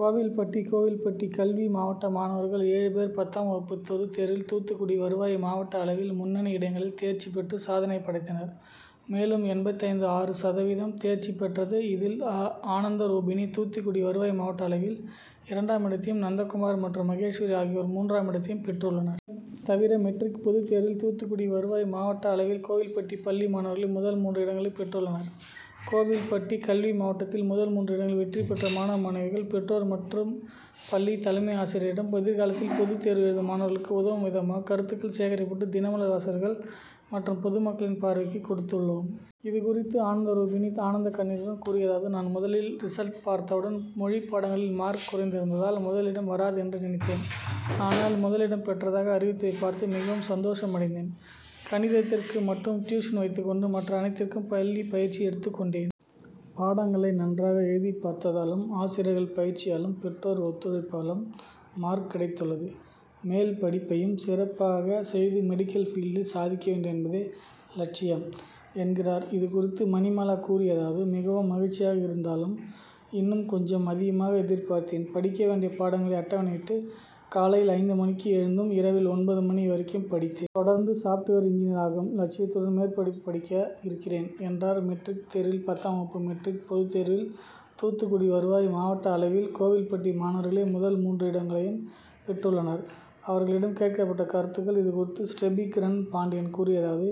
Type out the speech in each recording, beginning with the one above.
கோவில்பட்டி, கோவில்பட்டி கல்வி மாவட்ட மாணவர்கள் ஏழுபேர் பத்தாம் வகுப்பு பொதுத்தேர்வில் தூத்துக்குடி வருவாய் மாவட்ட அளவில் முன்னணி இடங்களில் தேர்ச்சி பெற்று சாதனை படைத்தனர். மேலும் எண்பத்தைந்து.ஆறு சதவீதம் தேர்ச்சி பெற்றது. இதில் ஆனந்தரூபிணி தூத்துக்குடி வருவாய் மாவட்ட அளவில் இரண்டாமிடத்தையும், நந்தகுமார் மற்றும் மகேஸ்வரி ஆகியோர் மூன்றாமிடத்தையும் பெற்றுள்ளனர். தவிர மெட்ரிக் பொதுத்தேர்வில் தூத்துக்குடி வருவாய் மாவட்ட அளவில் கோவில்பட்டி பள்ளி மாணவர்களே முதல் மூன்று இடங்களை பெற்றுள்ளனர். கோவில்பட்டி கல்வி மாவட்டத்தில் முதல் மூன்று இடங்களில் வெற்றி பெற்ற மாணவ மாணவிகள், பெற்றோர் மற்றும் பள்ளி தலைமை ஆசிரியரிடம் எதிர்காலத்தில் பொதுத்தேர்வு எழுதும் மாணவர்களுக்கு உதவும் விதமாக கருத்துக்கள் சேகரிக்கப்பட்டு தினமலர் வாசகர்கள் மற்றும் பொதுமக்களின் பார்வைக்கு கொடுத்துள்ளோம். இதுகுறித்து ஆனந்தரூபிணி ஆனந்தக்கண்ணீருடன் கூறியதாவது, நான் முதலில் ரிசல்ட் பார்த்தவுடன் மொழிப்பாடங்களில் மார்க் குறைந்திருந்ததால் முதலிடம் வராது என்று நினைத்தேன். ஆனால் முதலிடம் பெற்றதாக அறிவித்ததை பார்த்து மிகவும் சந்தோஷம் அடைந்தேன். கணிதத்திற்கு மட்டும் டியூசன் வைத்துக் கொண்டு மற்ற அனைத்திற்கும் பள்ளி பயிற்சி எடுத்துக் கொண்டேன். பாடங்களை நன்றாக எழுதிப்பார்த்ததாலும், ஆசிரியர்கள் பயிற்சியாலும், பெற்றோர் ஒத்துழைப்பாலும் மார்க் கிடைத்துள்ளது. மேல்படிப்பையும் சிறப்பாக செய்து மெடிக்கல் பீல்டில் சாதிக்க வேண்டும் என்பதே லட்சியம் என்கிறார். இதுகுறித்து மணிமாலா கூறியதாவது, மிகவும் மகிழ்ச்சியாக இருந்தாலும், இன்னும் கொஞ்சம் அதிகமாக எதிர்பார்த்தேன். படிக்க வேண்டிய பாடங்களை அட்டவணையிட்டு காலையில் ஐந்து மணிக்கு எழுந்தும், இரவில் ஒன்பது மணி வரைக்கும் படித்தேன். தொடர்ந்து சாப்ட்வேர் இன்ஜினியர் ஆகும் லட்சியத்துடன் மேற்படிப்பு படிக்க இருக்கிறேன் என்றார். மெட்ரிக் தேர்வில் பத்தாம் வகுப்பு மெட்ரிக் பொதுத்தேர்வில் தூத்துக்குடி வருவாய் மாவட்ட அளவில் கோவில்பட்டி மாணவர்களே முதல் மூன்று இடங்களையும் பெற்றுள்ளனர். அவர்களிடம் கேட்கப்பட்ட கருத்துக்கள். இதுகுறித்து ஸ்டெபி கிரண் பாண்டியன் கூறியதாவது,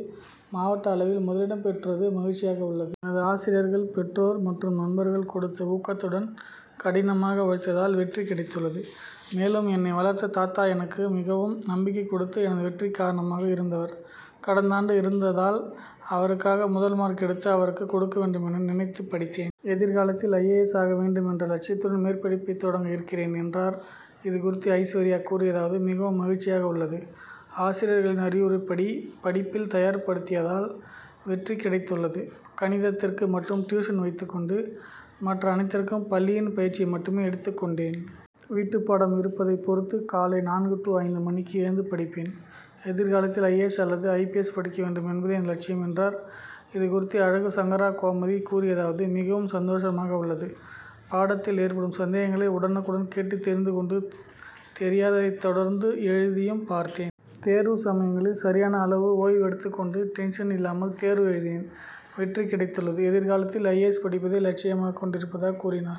மாவட்ட அளவில் முதலிடம் பெற்றது மகிழ்ச்சியாக உள்ளது. எனது ஆசிரியர்கள், பெற்றோர் மற்றும் நண்பர்கள் கொடுத்த ஊக்கத்துடன் கடினமாக உழைத்ததால் வெற்றி கிடைத்துள்ளது. மேலும் என்னை வளர்த்த தாத்தா எனக்கு மிகவும் நம்பிக்கை கொடுத்து எனது வெற்றிக்கு காரணமாக இருந்தவர் கடந்தாண்டு இறந்ததால், அவருக்காக முதல்மார்க் எடுத்து அவருக்கு கொடுக்க வேண்டும் என நினைத்து படித்தேன். எதிர்காலத்தில் ஐஏஎஸ் ஆக வேண்டும் என்ற லட்சியத்துடன் மேற்படிப்பை தொடங்க இருக்கிறேன் என்றார். இதுகுறித்து ஐஸ்வர்யா கூறியதாவது, மிகவும் மகிழ்ச்சியாக உள்ளது. ஆசிரியர்களின் அறிவுரைப்படி படிப்பில் தயார் படுத்தியதால் வெற்றி கிடைத்துள்ளது. கணிதத்திற்கு மட்டும் டியூசன் வைத்துக் கொண்டு மற்ற அனைத்திற்கும் பள்ளியின் பயிற்சியை மட்டுமே எடுத்துக் கொண்டேன். வீட்டுப்பாடம் இருப்பதை பொறுத்து காலை நான்கு டூ ஐந்து மணிக்கு எழுந்து படிப்பேன். எதிர்காலத்தில் ஐஏஎஸ் அல்லது ஐபிஎஸ் படிக்க வேண்டும் என்பதே எனது லட்சியம் என்றார். இதுகுறித்து அழகுசங்கரகோமதி கூறியதாவது, மிகவும் சந்தோஷமாக உள்ளது. பாடத்தில் ஏற்படும் சந்தேகங்களை உடனுக்குடன் கேட்டு தெரிந்து கொண்டு, தெரியாததை தொடர்ந்து எழுதியும் பார்த்தேன். தேர்வு சமயங்களில் சரியான அளவு ஓய்வு எடுத்துக் கொண்டு டென்ஷன் இல்லாமல் தேர்வு எழுதினேன். வெற்றி கிடைத்துள்ளது. எதிர்காலத்தில் ஐஏஎஸ் படிப்பதே லட்சியமாக கொண்டிருப்பதாக கூறினார்.